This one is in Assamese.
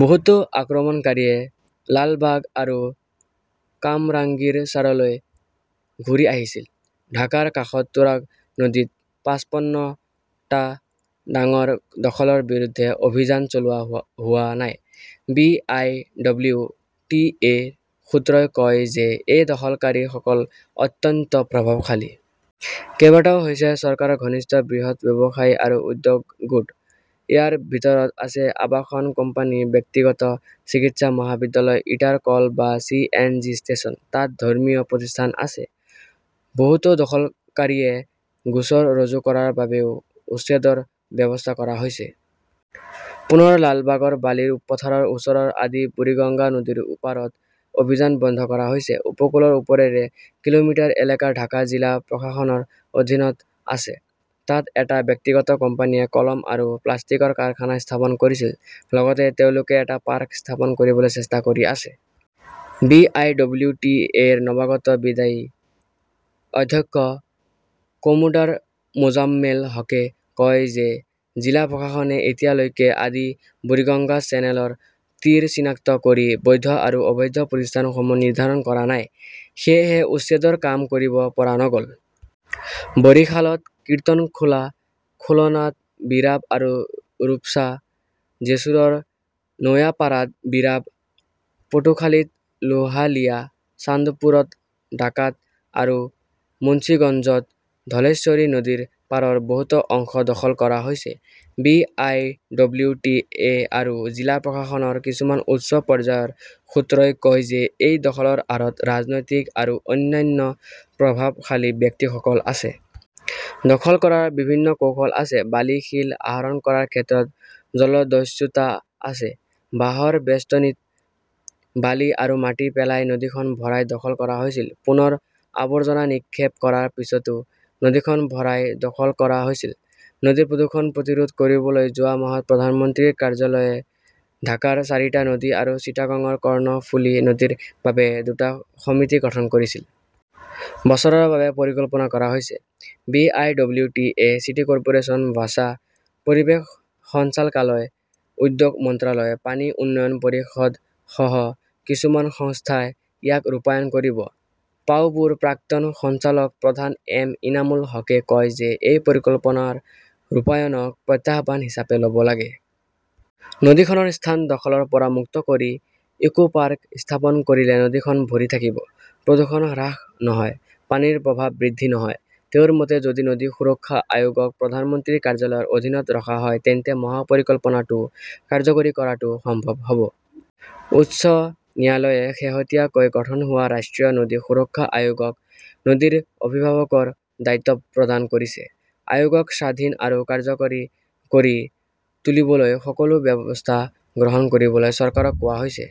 বহুতো আক্ৰমণকাৰীয়ে লালবাগ আৰু কামৰাংগীৰচাৰলৈ ঘূৰি আহিছিল। ঢাকাৰ কাষত তুৰাগ নদীত পাছপন্ন টা ডাঙৰ দখলৰ বিৰুদ্ধে অভিযান চলোৱা হোৱা হোৱা নাই। B. I. W. T. A. -ৰ সূত্ৰই কয় যে এই দখলকাৰীসকল অত্যন্ত প্ৰভাৱশালী। কেইবাটাও হৈছে চৰকাৰৰ ঘনিষ্ঠ বৃহৎ ব্যৱসায়ী আৰু উদ্যোগ গোট। ইয়াৰ ভিতৰত আছে আবাসন কোম্পানী, ব্যক্তিগত চিকিৎসা মহাবিদ্যালয়, ইটাৰ কল বা চি. এন. জি. ষ্টেচন। তাত ধৰ্মীয় প্ৰতিষ্ঠান আছে। বহুতো দখলকাৰীয়ে গোচৰ ৰুজু কৰাৰ বাবেও উচ্ছেদৰ ব্যৱস্থা কৰা হৈছে। পুনৰ লালবাগৰ বালিৰ পথাৰৰ ওচৰৰ আদি বুৰিগঙ্গা নদীৰ পাৰত অভিযান বন্ধ কৰা হৈছে। উপকূলৰ ওপৰেৰে কিলোমিটাৰ এলেকা ঢাকা জিলা প্ৰশাসনৰ অধীনত আছে। তাত এটা ব্যক্তিগত কোম্পানীয়ে কলম আৰু প্লাষ্টিকৰ কাৰখানা স্থাপন কৰিছিল। লগতে তেওঁলোকে এটা পাৰ্ক স্থাপন কৰিবলৈ চেষ্টা কৰি আছে। B. I. W. T. A. -ৰ নৱাগত বিদায়ী অধ্যক্ষ কমোডাৰ মোজাম্মেল হকে কয় যে জিলা প্ৰশাসনে এতিয়ালৈকে আদি বুৰিগঙ্গা চেনেলৰ তীৰ চিনাক্ত কৰি বৈধ আৰু অবৈধ প্ৰতিষ্ঠানসমূহ নিৰ্ধাৰণ কৰা নাই। সেয়েহে উচ্ছেদৰ কাম কৰিব পৰা নগ'ল। বৰিশালত কিৰ্তনখোলা, খুলনাত বীৰাব আৰু ৰূপছা, জেছুৰৰ নোয়াপাড়াত বীৰাব, পটুখালীত লোহালিয়া, চান্দপুৰত ডাকাত আৰু মুন্সিগঞ্জত ধলেশ্বৰী নদীৰ পাৰৰ বহুতো অংশ দখল কৰা হৈছে। B. I. W. T. A. আৰু জিলা প্ৰশাসনৰ কিছুমান উচ্চ পৰ্যায়ৰ সূত্ৰই কয় যে এই দখলৰ আঁৰত ৰাজনৈতিক আৰু অন্যান্য প্ৰভাৱশালী ব্যক্তিসকল আছে। দখল কৰাৰ বিভিন্ন কৌশল আছে। বালি-শিল আহৰণ কৰাৰ ক্ষেত্ৰত জলদস্যুতা আছে। বাঁহৰ বেষ্টনীত বালি আৰু মাটি পেলাই নদীখন ভৰাই দখল কৰা হৈছিল। পুনৰ আৱৰ্জনা নিক্ষেপ কৰাৰ পিছতো নদীখন ভৰাই দখল কৰা হৈছিল। নদী প্ৰদূষণ প্ৰতিৰোধ কৰিবলৈ যোৱা মাহত প্ৰধানমন্ত্ৰীৰ কাৰ্যালয়ে ঢাকাৰ চাৰিটা নদী আৰু চিটাগংৰ কৰ্ণফুলি নদীৰ বাবে দুটা সমিতি গঠন কৰিছিল। বছৰৰ বাবে পৰিকল্পনা কৰা হৈছে। B. I. W. T. A., city corporation, WASA, পৰিৱেশ সঞ্চালকালয়, উদ্যোগ মন্ত্ৰালয়, পানী উন্নয়ন পৰিষদ সহ কিছুমান সংস্থাই ইয়াক ৰূপায়ণ কৰিব। পাউবোৰ প্ৰাক্তন সঞ্চালক প্ৰধান এম ইনামুল হুকে কয় যে এই পৰিকল্পনাৰ ৰূপায়ণক প্ৰত্যাহ্বান হিচাপে ল'ব লাগে। নদীখনৰ স্থান দখলৰ পৰা মুক্ত কৰি ইকোপাৰ্ক স্থাপন কৰিলে নদীখন ভৰি থাকিব। প্ৰদূষণ হ্ৰাস নহয়, পানীৰ প্ৰৱাহ বৃদ্ধি নহয়। তেওঁৰ মতে, যদি নদী সুৰক্ষা আয়োগক প্ৰধানমন্ত্ৰীৰ কাৰ্যালয়ৰ অধীনত ৰখা হয় তেন্তে মহা পৰিকল্পনাটো কাৰ্যকৰী কৰাটো সম্ভৱ হ 'ব। উচ্চ ন্যায়ালয়ে শেহতীয়াকৈ গঠন হোৱা ৰাষ্ট্ৰীয় নদী সুৰক্ষা আয়োগক নদীৰ অভিভাৱকৰ দায়িত্ব প্ৰদান কৰিছে। আয়োগক স্বাধীন আৰু কাৰ্যকৰী কৰি তুলিবলৈ সকলো ব্যৱস্থা গ্ৰহণ কৰিবলৈ চৰকাৰক কোৱা হৈছে।